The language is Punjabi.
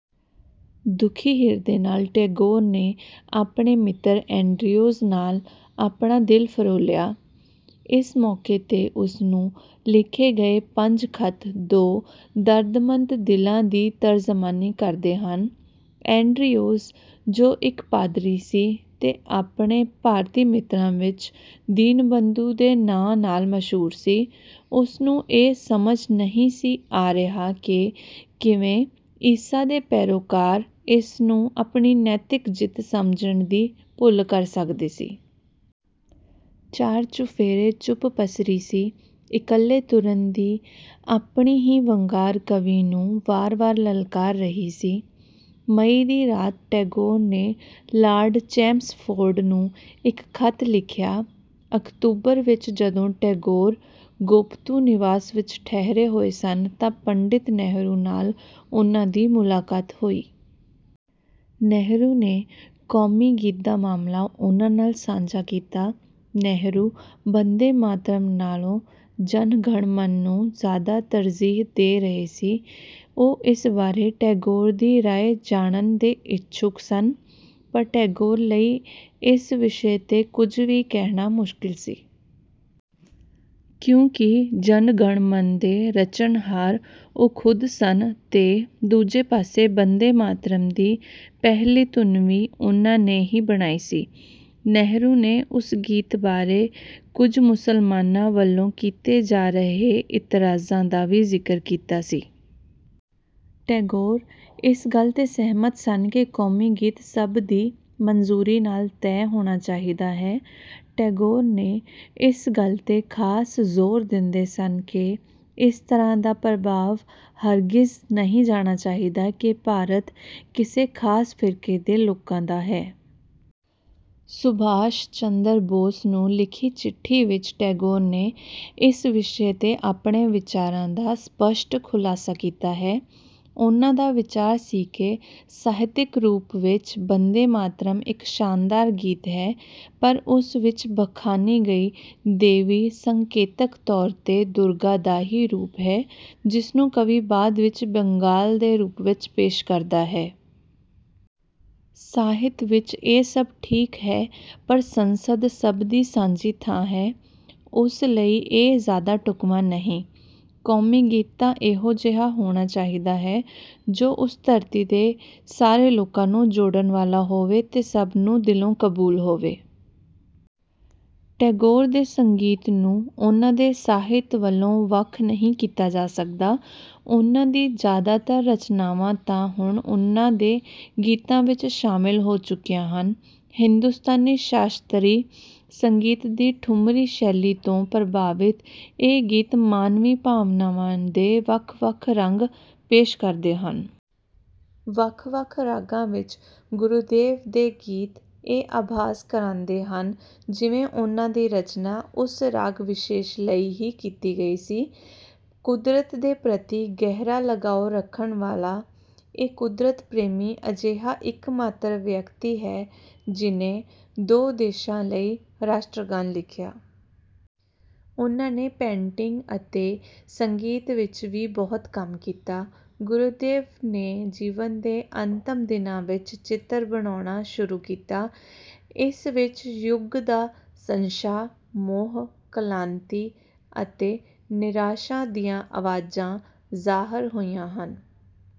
ਦੁਖੀ ਹਿਰਦੇ ਨਾਲ ਟੈਗੋਰ ਨੇ ਆਪਣੇ ਮਿੱਤਰ ਐਂਡਰਿਉਜ਼ ਨਾਲ ਆਪਣਾ ਦਿਲ ਫ਼ਰੋਲਿਆ। ਇਸ ਮੌਕੇ 'ਤੇ ਉਸਨੂੰ ਲਿਖੇ ਗਏ ਪੰਜ ਖਤ ਦੋ ਦਰਦਮੰਦ ਦਿਲਾਂ ਦੀ ਤਰਜ਼ਮਾਨੀ ਕਰਦੇ ਹਨ। ਐਂਡਰਿਉਜ਼ ਜੋ ਇੱਕ ਪਾਦਰੀ ਸੀ, ਤੇ ਆਪਣੇ ਭਾਰਤੀ ਮਿੱਤਰਾਂ ਵਿੱਚ ਦੀਨਬੰਧੂ ਦੇ ਨਾਂ ਨਾਲ ਮਸ਼ਹੂਰ ਸੀ, ਉਸਨੂੰ ਇਹ ਸਮਝ ਨਹੀਂ ਸੀ ਆ ਰਿਹਾ ਕਿ ਕਿਵੇਂ "ਈਸਾ ਦੇ ਪੈਰੋਕਾਰ" ਇਸਨੂੰ ਆਪਣੀ ਨੈਤਿਕ ਜਿੱਤ ਸਮਝਣ ਦੀ ਭੁੱਲ ਕਰ ਸਕਦੇ ਸੀ। ਚਾਰ-ਚੁਫ਼ੇਰੇ ਚੁੱਪ ਪਸਰੀ ਸੀ, ਇਕੱਲੇ ਤੁਰਣ ਦੀ ਆਪਣੀ ਹੀ ਵੰਗਾਰ ਕਵੀ ਨੂੰ ਵਾਰ-ਵਾਰ ਲਲਕਾਰ ਰਹੀ ਸੀ। ਮਈ ਦੀ ਰਾਤ ਟੈਗੋਰ ਨੇ ਲਾਰਡ ਚੈਮਸਫ਼ੋਰਡ ਨੂੰ ਇੱਕ ਖਤ ਲਿਖਿਆ। ਅਕਤੂਬਰ ਵਿੱਚ ਜਦੋਂ ਟੈਗੋਰ ਗੋਪਤੂ ਨਿਵਾਸ ਵਿੱਚ ਠਹਿਰੇ ਹੋਏ ਸਨ ਤਾਂ ਪੰਡਿਤ ਨਹਿਰੂ ਨਾਲ ਉਨ੍ਹਾ ਦੀ ਮੁਲਾਕਾਤ ਹੋਈ। ਨਹਿਰੂ ਨੇ ਕੌਮੀ ਗੀਤ ਦਾ ਮਾਮਲਾ ਉਨ੍ਹਾ ਨਾਲ ਸਾਂਝਾ ਕੀਤਾ। ਨਹਿਰੂ ਬੰਦੇ-ਮਾਤਰਮ ਨਾਲੋਂ ਜਨ-ਗਣ-ਮਨ ਨੂੰ ਜ਼ਿਆਦਾ ਤਰਜ਼ੀਹ ਦੇ ਰਹੇ ਸੀ, ਉਹ ਇਸ ਬਾਰੇ ਟੈਗੋਰ ਦੀ ਰਾਇ ਜਾਣਨ ਦੇ ਇਛੁਕ ਸਨ। ਪਰ ਟੈਗੋਰ ਲਈ ਇਸ ਵਿਸ਼ੇ 'ਤੇ ਕੁਝ ਵੀ ਕਹਿਣਾ ਮੁਸ਼ਕਿਲ ਸੀ। ਕਿਉਂਕਿ ਜਨ-ਗਣ-ਮਨ ਦੇ ਰਚਣਹਾਰ ਉਹ ਖੁਦ ਸਨ ਤੇ ਦੂਜੇ ਪਾਸੇ ਬੰਦੇ-ਮਾਤਰਮ ਦੀ ਪਹਿਲੀ ਧੁਨ ਵੀ ਉਨ੍ਹਾ ਨੇ ਹੀ ਬਣਾਈ ਸੀ। ਨਹਿਰੂ ਨੇ ਉਸ ਗੀਤ ਬਾਰੇ ਕੁਝ ਮੁਸਲਮਾਨਾਂ ਵੱਲੋਂ ਕੀਤੇ ਜਾ ਰਹੇ ਇਤਰਾਜ਼ਾਂ ਦਾ ਵੀ ਜ਼ਿਕਰ ਕੀਤਾ ਸੀ। ਟੈਗੋਰ ਇਸ ਗੱਲ 'ਤੇ ਸਹਿਮਤ ਸਨ ਕਿ ਕੌਮੀ ਗੀਤ ਸਭ ਦੀ ਮੰਜ਼ੂਰੀ ਨਾਲ ਹੀ ਤਹਿ ਹੋਣਾ ਚਾਹੀਦਾ ਹੈ। ਟੈਗੋਰ ਨੇ ਇਸ ਗੱਲ 'ਤੇ ਖਾਸ ਜ਼ੋਰ ਦਿੰਦੇ ਸਨ ਕਿ ਇਸ ਤਰ੍ਹਾਂ ਦਾ ਪ੍ਰਭਾਵ ਹਰਗਿਜ਼ ਨਹੀਂ ਜਾਣਾ ਚਾਹੀਦਾ ਕਿ ਭਾਰਤ ਕਿਸੇ ਖਾਸ ਫ਼ਿਰਕੇ ਦੇ ਲੋਕਾਂ ਦਾ ਹੈ। ਸੁਭਾਸ਼ ਚੰਦਰ ਬੋਸ ਨੂੰ ਲਿਖੀ ਚਿੱਠੀ ਵਿੱਚ ਟੈਗੋਰ ਨੇ ਇਸ ਵਿਸ਼ੇ 'ਤੇ ਆਪਣੇ ਵਿਚਾਰਾਂ ਦਾ ਸਪਸ਼ਟ ਖੁਲਾਸਾ ਕੀਤਾ ਹੈ। ਉਨ੍ਹਾ ਦਾ ਵਿਚਾਰ ਸੀ ਕਿ ਸਾਹਿਤਕ ਰੂਪ ਵਿੱਚ ਬੰਦੇ-ਮਾਤਰਮ ਇੱਕ ਸ਼ਾਨਦਾਰ ਗੀਤ ਹੈ ਪਰ ਉਸ ਵਿੱਚ ਬਖਾਨੀ ਗਈ ਦੇਵੀ ਸੰਕੇਤਕ ਤੌਰ 'ਤੇ ਦੁਰਗਾ ਦਾ ਹੀ ਰੂਪ ਹੈ, ਜਿਸਨੂੰ ਕਵੀ ਬਾਦ ਵਿੱਚ ਬੰਗਾਲ ਦੇ ਰੂਪ ਵਿੱਚ ਪੇਸ਼ ਕਰਦਾ ਹੈ। ਸਾਹਿਤ ਵਿੱਚ ਇਹ ਸਭ ਠੀਕ ਹੈ ਪਰ ਸੰਸਦ ਸਭ ਦੀ ਸਾਂਝੀ ਥਾਂ ਹੈ ਉਸ ਲਈ ਇਹ ਜ਼ਿਆਦਾ ਢੁਕਵਾਂ ਨਹੀਂ। ਕੌਮੀ ਗੀਤ ਤਾਂ ਇਹੋ ਜਿਹਾ ਹੋਣਾ ਚਾਹੀਦਾ ਹੈ ਜੋ ਉਸ ਧਰਤੀ ਦੇ ਸਾਰੇ ਲੋਕਾਂ ਨੂੰ ਜੋੜਨ ਵਾਲਾ ਹੋਵੇ ਤੇ ਸਭ ਨੂੰ ਦਿਲੋਂ ਕਬੂਲ ਹੋਵੇ। ਟੈਗੋਰ ਦੇ ਸੰਗੀਤ ਨੂੰ ਉਨ੍ਹਾਂ ਦੇ ਸਾਹਿਤ ਵਲੋਂ ਵੱਖ ਨਹੀਂ ਕੀਤਾ ਜਾ ਸਕਦਾ। ਉਨ੍ਹਾਂ ਦੀ ਜਿਆਦਾਤਰ ਰਚਨਾਵਾਂ ਤਾਂ ਹੁਣ ਉਨ੍ਹਾਂ ਦੇ ਗੀਤਾਂ ਵਿੱਚ ਸ਼ਾਮਿਲ ਹੋ ਚੁੱਕੀਆਂ ਹਨ। ਹਿੰਦੁਸਤਾਨੀ ਸ਼ਾਸਤਰੀ ਸੰਗੀਤ ਦੀ ਠੁਮਰੀ ਸ਼ੈਲੀ ਤੋਂ ਪ੍ਰਭਾਵਿਤ ਇਹ ਗੀਤ ਮਾਨਵੀ ਭਾਵਨਾਵਾਂ ਦੇ ਵੱਖ-ਵੱਖ ਰੰਗ ਪੇਸ਼ ਕਰਦੇ ਹਨ। ਵੱਖ-ਵੱਖ ਰਾਗਾਂ ਵਿੱਚ ਗੁਰੁਦੇਵ ਦੇ ਗੀਤ ਇਹ ਆਭਾਸ ਕਰਾਂਦੇ ਹਨ ਜਿਵੇਂ ਉਨ੍ਹਾਂ ਦੀ ਰਚਨਾ ਉਸ ਰਾਗ ਵਿਸ਼ੇਸ਼ ਲਈ ਹੀ ਕੀਤੀ ਗਈ ਸੀ। ਕੁਦਰਤ ਦੇ ਪ੍ਰਤੀ ਗਹਿਰਾ ਲਗਾਉ ਰੱਖਣ ਵਾਲਾ ਇਹ ਕੁਦਰਤ ਪ੍ਰੇਮੀ ਅਜਿਹਾ ਇੱਕਮਾਤਰ ਵਿਅਕਤੀ ਹੈ ਜਿਨ੍ਹੇ ਦੋ ਦੇਸ਼ਾਂ ਲਈ ਰਾਸ਼ਟਰਗਾਨ ਲਿਖਿਆ। ਉਹਨਾਂ ਨੇ ਪੈਂਟਿੰਗ ਅਤੇ ਸੰਗੀਤ ਵਿੱਚ ਵੀ ਬਹੁਤ ਕੰਮ ਕੀਤਾ। ਗੁਰੁਦੇਵ ਨੇ ਜੀਵਨ ਦੇ ਅੰਤਮ ਦਿਨਾਂ ਵਿੱਚ ਚਿੱਤਰ ਬਣਾਉਣਾ ਸ਼ੁਰੂ ਕੀਤਾ। ਇਸ ਵਿੱਚ ਯੁੱਗ ਦਾ ਸੰਸ਼ਾ, ਮੋਹ, ਕਲਾਂਤੀ ਅਤੇ ਨਿਰਾਸ਼ਾ ਦੀਆਂ ਆਵਾਜਾਂ ਜ਼ਾਹਰ ਹੋਈਆਂ ਹਨ।